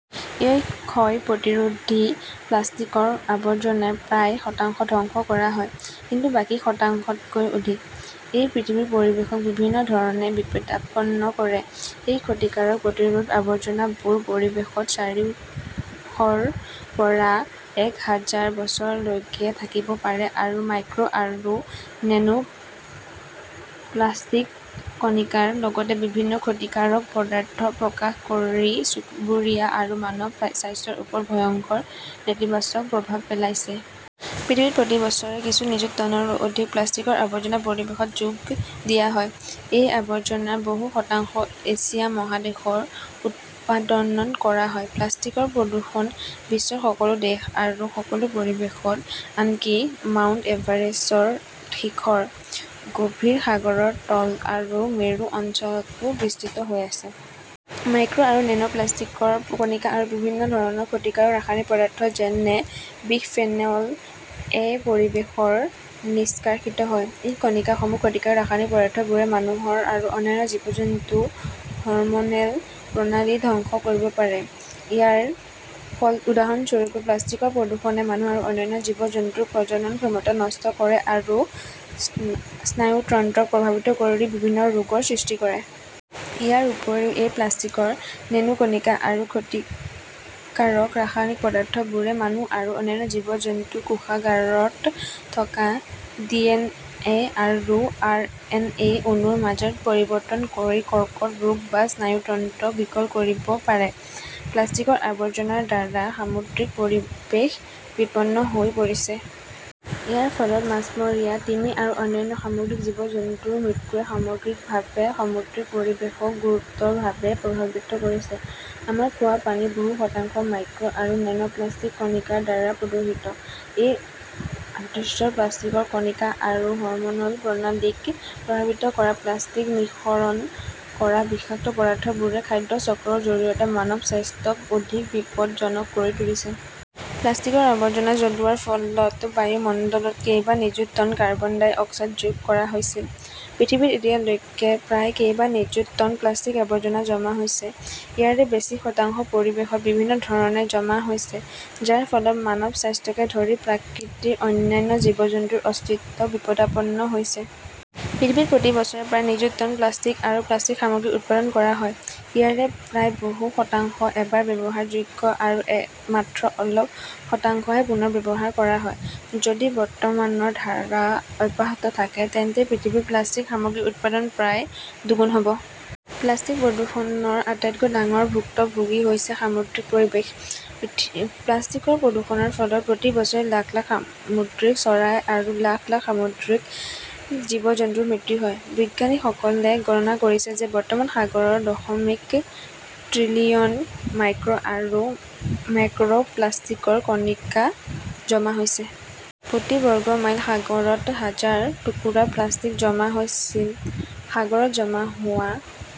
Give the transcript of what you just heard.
এই ক্ষয় প্ৰতিৰোধী প্লাষ্টিকৰ আৱৰ্জনাৰ প্ৰায় শতাংশ ধ্বংস কৰা হয়, কিন্তু বাকী শতাংশতকৈ অধিক । ই পৃথিৱীৰ পৰিৱেশক বিভিন্ন ধৰণে বিপদাপন্ন কৰে। এই ক্ষতিকাৰক প্ৰতিৰোধ আৱৰ্জনাবোৰ পৰিৱেশত চাৰিশৰ পৰা এক হাজাৰ বছৰলৈকে থাকিব পাৰে আৰু মাইক্ৰ আৰু নেনোপ্লাস্টিক কণিকাৰ লগতে বিভিন্ন ক্ষতিকাৰক পদাৰ্থ প্ৰকাশ কৰি চুবুৰীয়া আৰু মানৱ স্বাস্থ্যৰ ওপৰত ভয়ংকৰ নেতিবাচক প্ৰভাৱ পেলাইছে। পৃথিৱীত প্ৰতি বছৰে কিছু নিযুত টনৰো অধিক প্লাষ্টিকৰ আৱৰ্জনা পৰিৱেশত যোগ দিয়া হয়। এই আৱৰ্জনা বহু শতাংশ এছিয়া মহাদেশৰ উৎপাদন কৰা হয়। প্লাষ্টিকৰ প্ৰদূষণ বিশ্বৰ সকলো দেশ আৰু সকলো পৰিৱেশত, আনকি মাউণ্ট এভাৰেচৰ শিখৰ, গভীৰ সাগৰৰ তল আৰু মেৰু অঞ্চলতো বিস্তৃত হৈ আছে। মাইক্ৰ আৰু নেনো প্লাষ্টিকৰ কণিকা আৰু বিভিন্ন ধৰণৰ ক্ষতিকাৰক ৰাসায়নিক পদাৰ্থ, যেনে বিসফেনল-এ পৰিৱেশৰ নিষ্কাশিত হয়। এই কণিকাসমূ আৰু ক্ষতিকাৰক ৰাসায়নিক পদাৰ্থবোৰে মানুহৰ আৰু অন্যান্য জীৱ-জন্তুৰ হৰম'নেল প্ৰণালী ধ্বংস কৰিব পাৰে। ইয়াৰ ফল উদাহৰণস্বৰূপে প্লাষ্টিকৰ প্ৰদূষণে মানুহ আৰু অন্যান্য জীৱ-জন্তুৰ প্ৰজনন ক্ষমতা নষ্ট কৰে আৰু স্নায়ুতন্ত্ৰক প্ৰভাৱিত কৰি বিভিন্ন ৰোগৰ সৃষ্টি কৰে। ইয়াৰ উপৰিও এই প্লাষ্টিকৰ নেনো কণিকা আৰু ক্ষতিকাৰক ৰাসায়নিক পদাৰ্থবোৰে মানুহ আৰু অন্যান্য জীৱ-জন্তুৰ কোষাগাৰত থকা ডিএনএ আৰু আৰএনএ অণুৰ মাজত পৰিৱৰ্তন কৰি কৰ্কট ৰোগ বা স্নায়ুতন্ত্ৰ বিকল কৰিব পাৰে। প্লাষ্টিকৰ আৱৰ্জনাৰ দ্বাৰা সামুদ্ৰিক পৰিৱেশ বিপন্ন হৈ পৰিছে। ইয়াৰ ফলত মাছমৰীয়া, তিমি আৰু অন্যান্য সামুদ্ৰিক জীৱ-জন্তুৰ মৃত্যুৱে সামগ্ৰিকভাৱে সামুদ্ৰিক পৰিৱেশক গুৰুতৰভাৱে প্ৰভাৱিত কৰিছে। আমাৰ খোৱা পানীৰ বহু শতাংশ মাইক্ৰ আৰু নেনোপ্লাস্টিক কণিকাৰ দ্বাৰা প্ৰদূষিত। এই অদৃশ্য প্লাষ্টিকৰ কণিকা আৰু হৰম'ন'ল প্ৰণালীক প্ৰভাৱিত কৰা প্লাষ্টিক নিঃসৰণ কৰা বিষাক্ত পদাৰ্থবোৰে খাদ্য চক্ৰৰ জৰিয়তে মানৱ স্বাস্থ্যক অধিক বিপদজনক কৰি তুলিছে। প্লাষ্টিকৰ আৱৰ্জনা জ্বলোৱাৰ ফলত বায়ুমণ্ডলত কেইবা নিযুত টন কাৰ্বন ডাই অক্সাইড যোগ কৰা হৈছিল। পৃথিৱীত এতিয়ালৈকে প্ৰায় কেইবা নিযুত টন প্লাষ্টিক আৱৰ্জনা জমা হৈছে। ইয়াৰে বেছি শতাংশ পৰিৱেশত বিভিন্ন ধৰণে জমা হৈছে, যাৰ ফলত মানৱ স্বাস্থ্যকে ধৰি প্ৰাকৃতি অন্যান্য জীৱ-জন্তুৰ অস্তিত্ব বিপদাপন্ন হৈছে। পৃথিৱীত প্ৰতি বছৰে প্ৰায় নিযুত টন প্লাষ্টিক আৰু প্লাষ্টিক সামগ্ৰী উৎপাদন কৰা হয়। ইয়াৰে প্ৰায় বহু শতাংশ এবাৰ ব্যৱহাৰযোগ্য আৰু মাত্ৰ অলপ শতাংশহে পুনৰ ব্যৱহাৰ কৰা হয়। যদি বৰ্তমানৰ ধাৰা অব্যাহত থাকে, তেন্তে পৃথিৱীত প্লাষ্টিক সামগ্ৰীৰ উৎপাদন প্ৰায় দুগুণ হ'ব। প্লাষ্টিক প্ৰদূষণৰ আটাইতকৈ ডাঙৰ ভুক্তভোগী হৈছে সামুদ্ৰিক পৰিৱেশ। প্লাষ্টিকৰ প্ৰদূষণৰ ফলত প্ৰতি বছৰে লাখ লাখ সামুদ্ৰিক চৰাই আৰু লাখ লাখ সামুদ্ৰিক জীৱ-জন্তুৰ মৃত্যু হয়। বিজ্ঞানীসকলে গণনা কৰিছিল যে বৰ্তমান সাগৰত দশমিক ত্ৰিলিয়ন মাইক্ৰ আৰু মেক্ৰ'প্লাষ্টিকৰ কণিকা জমা হৈছে। প্ৰতি বৰ্গ মাইল সাগৰত হাজাৰ টুকুৰা প্লাষ্টিক জমা হৈছিল। সাগৰত জমা হোৱা